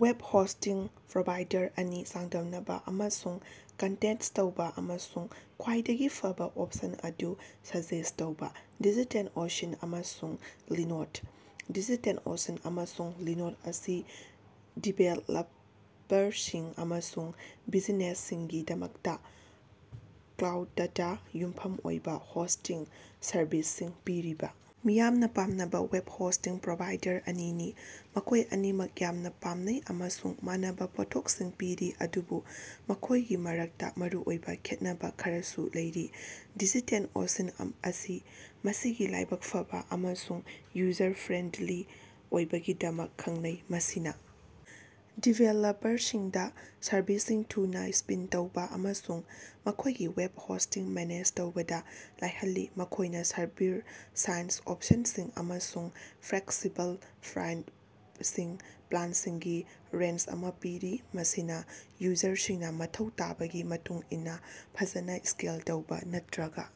Web hosting provider ꯑꯅꯤ ꯆꯥꯡꯗꯝꯅꯕ ꯑꯃꯁꯨꯡ ꯀꯟꯇꯦꯁꯇ꯭ ꯇꯧꯕ ꯑꯃꯁꯨꯡ ꯈ꯭ꯋꯥꯏꯗꯒꯤ ꯐꯕ ꯑꯣꯞꯁꯟ ꯑꯗꯨ ꯁꯖꯦꯁ ꯇꯧꯕ꯫ ꯗꯤꯖꯤꯇꯦꯜ ꯑꯣꯁꯤꯟ ꯑꯃꯁꯨꯡ ꯂꯤꯅꯣꯗ꯫ ꯗꯤꯖꯤꯇꯦꯜ ꯑꯣꯁꯤꯟ ꯑꯃꯁꯨꯡ ꯂꯤꯅꯣꯗ ꯑꯁꯤ ꯗꯤꯕꯦꯂꯞꯄꯔꯁꯤꯡ ꯑꯃꯁꯨꯡ ꯕꯤꯖꯤꯅꯦꯁꯁꯤꯡꯒꯤꯗꯃꯛꯇ ꯀ꯭ꯂꯥꯎꯗꯇꯥ ꯌꯨꯝꯐꯝ ꯑꯣꯏꯕ ꯍꯣꯁꯇꯤꯡ ꯁꯔꯕꯤꯁꯁꯤꯡ ꯄꯤꯔꯤꯕ ꯃꯤꯌꯥꯝꯅ ꯄꯥꯝꯅꯕ ꯋꯦꯕ ꯍꯣꯁꯇꯤꯡ ꯄ꯭ꯔꯣꯚꯥꯏꯗꯔ ꯑꯅꯤꯅꯤ꯫ ꯃꯈꯣꯏ ꯑꯅꯤꯃꯛ ꯌꯥꯝꯅꯥ ꯄꯥꯝꯅꯩ ꯑꯃꯁꯨꯡ ꯃꯥꯟꯅꯕꯥ ꯄꯣꯠꯊꯣꯛꯁꯤꯡ ꯄꯤꯔꯤ, ꯑꯗꯨꯕꯨ ꯃꯈꯣꯏꯒꯤ ꯃꯔꯛꯇ ꯃꯔꯨꯑꯣꯏꯕ ꯈꯦꯠꯅꯕ ꯈꯔꯁꯨ ꯂꯩꯔꯤ꯫ ꯗꯤꯖꯤꯇꯦꯜ ꯑꯣꯁꯤꯟ ꯑꯁꯤ ꯃꯁꯤꯒꯤ ꯂꯥꯏꯕꯛ ꯐꯕ ꯑꯃꯁꯨꯡ ꯌꯨꯖꯔ ꯐ꯭ꯔꯦꯟꯗꯂꯤ ꯑꯣꯏꯕꯒꯤꯗꯃꯛ ꯈꯪꯅꯩ, ꯃꯁꯤꯅꯥ ꯗꯤꯕꯦꯂꯄꯔꯁꯤꯡꯗꯥ ꯁꯔꯕꯤꯁ ꯁꯤꯡ ꯊꯨꯅ ꯁ꯭ꯄꯤꯟ ꯇꯧꯕ ꯑꯃꯁꯨꯡ ꯃꯈꯣꯏꯒꯤ ꯋꯦꯕ ꯍꯣꯁꯇꯤꯡ ꯃꯦꯅꯦꯖ ꯇꯧꯕꯗ ꯂꯥꯏꯍꯜꯂꯤ꯫ ꯃꯈꯣꯏꯅ ꯁꯔꯚꯔ ꯁꯥꯏꯖ ꯑꯣꯞꯁꯟꯁꯤꯡ ꯑꯃꯁꯨꯡ ꯐ꯭ꯂꯦꯛꯁꯤꯕꯜ ꯄ꯭ꯔꯥꯏꯁꯤꯡ ꯄ꯭ꯂꯥꯟꯁꯤꯡꯒꯤ ꯔꯦꯟꯖ ꯑꯃ ꯄꯤꯔꯤ, ꯃꯁꯤꯅꯥ ꯌꯨꯖꯔꯁꯤꯡꯅ ꯃꯊꯧ ꯇꯥꯕꯒꯤ ꯃꯇꯨꯡ ꯏꯟꯅ ꯐꯖꯅ ꯁ꯭ꯀꯦꯜ ꯇꯧꯕ ꯅꯠꯇ꯭ꯔꯒ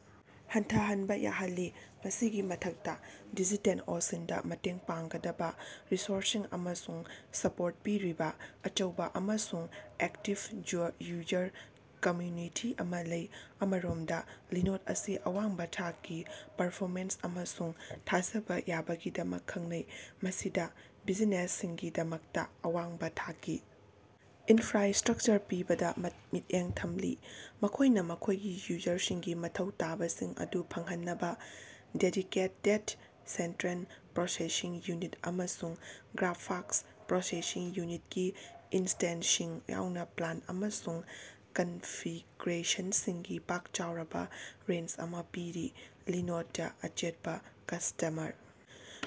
ꯍꯟꯊꯍꯟꯕ ꯌꯥꯍꯜꯂꯤ꯫ ꯃꯁꯤꯒꯤ ꯃꯊꯛꯇꯥ, ꯗꯤꯖꯤꯇꯦꯜ ꯑꯣꯁꯤꯟꯗ ꯃꯇꯦꯡ ꯄꯥꯡꯒꯗꯕ ꯔꯤꯁꯣꯔꯁꯁꯤꯡ ꯑꯃꯁꯨꯡ ꯁꯄꯣꯔꯠ ꯄꯤꯔꯤꯕꯥ ꯑꯆꯧꯕ ꯑꯃꯁꯨꯡ ꯑꯦꯛꯇꯤꯕ ꯌꯨꯖꯔ ꯀꯝꯃ꯭ꯌꯨꯅꯤꯇꯤ ꯑꯃ ꯂꯩ꯫ ꯑꯃꯔꯣꯃꯗ, ꯂꯤꯅꯣꯗ ꯑꯁꯤ ꯑꯋꯥꯡꯕꯥ ꯊꯥꯛꯀꯤ ꯄꯔꯐꯣꯃꯦꯟꯁ ꯑꯃꯁꯨꯡ ꯊꯥꯖꯕ ꯌꯥꯕꯒꯤꯗꯃꯛ ꯈꯪꯅꯩ꯫ ꯃꯁꯤꯗ ꯕꯤꯖꯤꯅꯦꯁꯁꯤꯡꯒꯤꯗꯃꯛꯇꯥ ꯑꯋꯥꯡꯕꯥ ꯊꯥꯛꯀꯤ ꯏꯅꯐ꯭ꯔꯥꯁ꯭ꯇꯔꯛꯆꯔ ꯄꯤꯕꯗ ꯃꯤꯠꯌꯦꯡ ꯊꯝꯂꯤ꯫ ꯃꯈꯣꯏꯅ ꯃꯈꯣꯏꯒꯤ ꯌꯨꯖꯔꯁꯤꯡꯒꯤ ꯃꯊꯧ ꯇꯥꯕꯁꯤꯡ ꯑꯗꯨ ꯐꯪꯍꯟꯅꯕ ꯗꯦꯗꯤꯀꯦꯇꯦꯗ ꯁꯦꯟꯇ꯭ꯔꯦꯜ ꯄ꯭ꯔꯣꯁꯦꯁꯤꯡ ꯎꯅꯤꯠ ꯑꯃꯁꯨꯡ ꯒ꯭ꯔꯥꯐꯥꯛꯁ ꯄ꯭ꯔꯣꯁꯦꯁꯤꯡ ꯎꯅꯤꯠ ꯒꯤ ꯏꯟꯁꯇꯦꯟꯁꯁꯤꯡ ꯌꯥꯎꯅ ꯄ꯭ꯂꯥꯟ ꯑꯃꯁꯨꯡ ꯀꯟꯐꯤꯒ꯭ꯔꯦꯁꯟꯁꯤꯡꯒꯤ ꯄꯥꯛ ꯆꯥꯎꯔꯕꯥ ꯔꯦꯟꯖ ꯑꯃ ꯄꯤꯔꯤ꯫ ꯂꯤꯅꯣꯗꯅꯥ ꯑꯆꯦꯠꯄ ꯀꯁ꯭ꯇꯃꯔ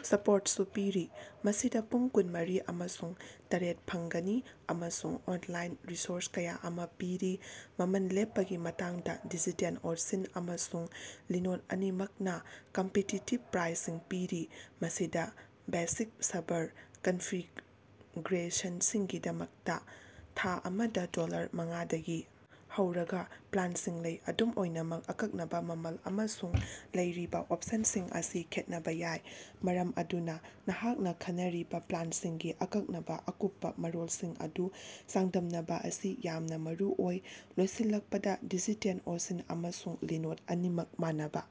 ꯁꯄꯣꯔꯇꯁꯨ ꯄꯤꯔꯤ, ꯃꯁꯤꯗꯥ ꯄꯨꯡ ꯀꯨꯟꯃꯔꯤ ꯑꯃꯁꯨꯡ ꯇꯔꯦꯠ ꯐꯪꯒꯅꯤ ꯑꯃꯁꯨꯡ ꯑꯣꯟꯂꯥꯏꯟ ꯔꯤꯁꯣꯔꯁ ꯀꯌꯥ ꯑꯃ ꯄꯤꯔꯤ꯫ ꯃꯃꯜ ꯂꯦꯞꯄꯒꯤ ꯃꯇꯥꯡꯗ, ꯗꯤꯖꯤꯇꯦꯜ ꯑꯣꯁꯤꯟ ꯑꯃꯁꯨꯡ ꯂꯤꯅꯣꯗ ꯑꯅꯤꯃꯛꯅꯥ ꯀꯝꯄꯤꯇꯤꯇꯤꯕ ꯄ꯭ꯔꯥꯏꯁꯤꯡ ꯄꯤꯔꯤ, ꯃꯁꯤꯗꯥ ꯕꯦꯁꯤꯛ ꯁꯔꯚꯔ ꯀꯟꯐꯤꯒ꯭ꯔꯦꯁꯟꯁꯤꯡꯒꯤꯗꯃꯛꯇꯥ ꯊꯥ ꯑꯃꯗꯥ ꯗꯣꯂꯔ ꯃꯉꯥꯗꯒꯤ ꯍꯧꯔꯒ ꯄ꯭ꯂꯥꯟꯁꯤꯡ ꯂꯩ꯫ ꯑꯗꯨꯝ ꯑꯣꯏꯅꯃꯛ, ꯑꯀꯛꯅꯕ ꯃꯃꯜ ꯑꯃꯁꯨꯡ ꯂꯩꯔꯤꯕꯥ ꯑꯣꯞꯁꯟꯁꯤꯡ ꯑꯁꯤ ꯈꯦꯠꯅꯕ ꯌꯥꯏ, ꯃꯔꯝ ꯑꯗꯨꯅ ꯅꯍꯥꯛꯅ ꯈꯟꯅꯔꯤꯕ ꯄ꯭ꯂꯥꯟꯁꯤꯡꯒꯤ ꯑꯀꯛꯅꯕ ꯑꯀꯨꯞꯄ ꯃꯔꯣꯜꯁꯤꯡ ꯑꯗꯨ ꯆꯥꯡꯗꯝꯅꯕ ꯑꯁꯤ ꯌꯥꯝꯅꯥ ꯃꯔꯨꯑꯣꯏ꯫ ꯂꯣꯏꯁꯤꯜꯂꯛꯄꯗ, ꯗꯤꯖꯤꯇꯦꯜ ꯑꯣꯁꯤꯟ ꯑꯃꯁꯨꯡ ꯂꯤꯅꯣꯗ ꯑꯅꯤꯃꯛ ꯃꯥꯟꯅꯕ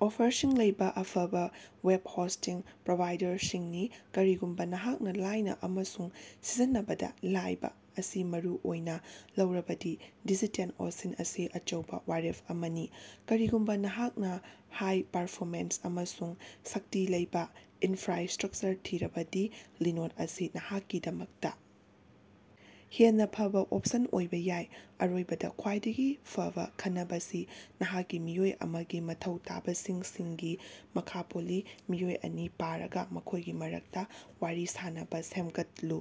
ꯑꯣꯐꯔꯁꯤꯡ ꯂꯩꯕ ꯑꯐꯕꯥ ꯋꯦꯕ ꯍꯣꯁꯇꯤꯡ ꯄ꯭ꯔꯣꯚꯥꯏꯗꯔꯁꯤꯡꯅꯤ꯫ ꯀꯔꯤꯒꯨꯝꯕ ꯅꯍꯥꯛꯅ ꯂꯥꯏꯅ ꯑꯃꯁꯨꯡ ꯁꯤꯖꯤꯟꯅꯕꯗ ꯂꯥꯏꯕ ꯑꯁꯤ ꯃꯔꯨ ꯑꯣꯏꯅ ꯂꯧꯔꯕꯗꯤ ꯗꯤꯖꯤꯇꯦꯜ ꯑꯣꯁꯤꯟ ꯑꯁꯤ ꯑꯆꯧꯕ ꯋꯥꯔꯦꯞ ꯑꯃꯅꯤ꯫ ꯀꯔꯤꯒꯨꯝꯕ ꯅꯍꯥꯛꯅ ꯍꯥꯏ-ꯄꯥꯔꯐꯣꯔꯃꯦꯟꯁ ꯑꯃꯁꯨꯡ ꯁꯛꯇꯤ ꯂꯩꯕ ꯏꯟꯐ꯭ꯔꯥꯁꯇ꯭ꯔꯛꯆꯔ ꯊꯤꯔꯕꯗꯤ, ꯂꯤꯅꯣꯗ ꯑꯁꯤ ꯅꯍꯥꯛꯀꯤꯗꯃꯛꯇ ꯍꯦꯟꯅꯥ ꯐꯕ ꯑꯣꯞꯁꯟ ꯑꯣꯏꯕ ꯌꯥꯏ꯫ ꯑꯔꯣꯏꯕꯗ, ꯈ꯭ꯋꯥꯏꯗꯒꯤ ꯐꯕ ꯈꯟꯅꯕꯁꯤ ꯅꯍꯥꯛꯀꯤ ꯃꯤꯑꯣꯏ ꯑꯃꯒꯤ ꯃꯊꯧ ꯇꯥꯕꯁꯤꯡ ꯁꯤꯡꯒꯤ ꯃꯈꯥ ꯄꯣꯜꯂꯤ꯫ ꯃꯤꯑꯣꯏ ꯑꯅꯤ ꯄꯤꯔꯒꯥ ꯃꯈꯣꯏꯒꯤ ꯃꯔꯛꯇ ꯋꯥꯔꯤ ꯁꯥꯅꯕ ꯁꯦꯝꯒꯠꯂꯨ꯫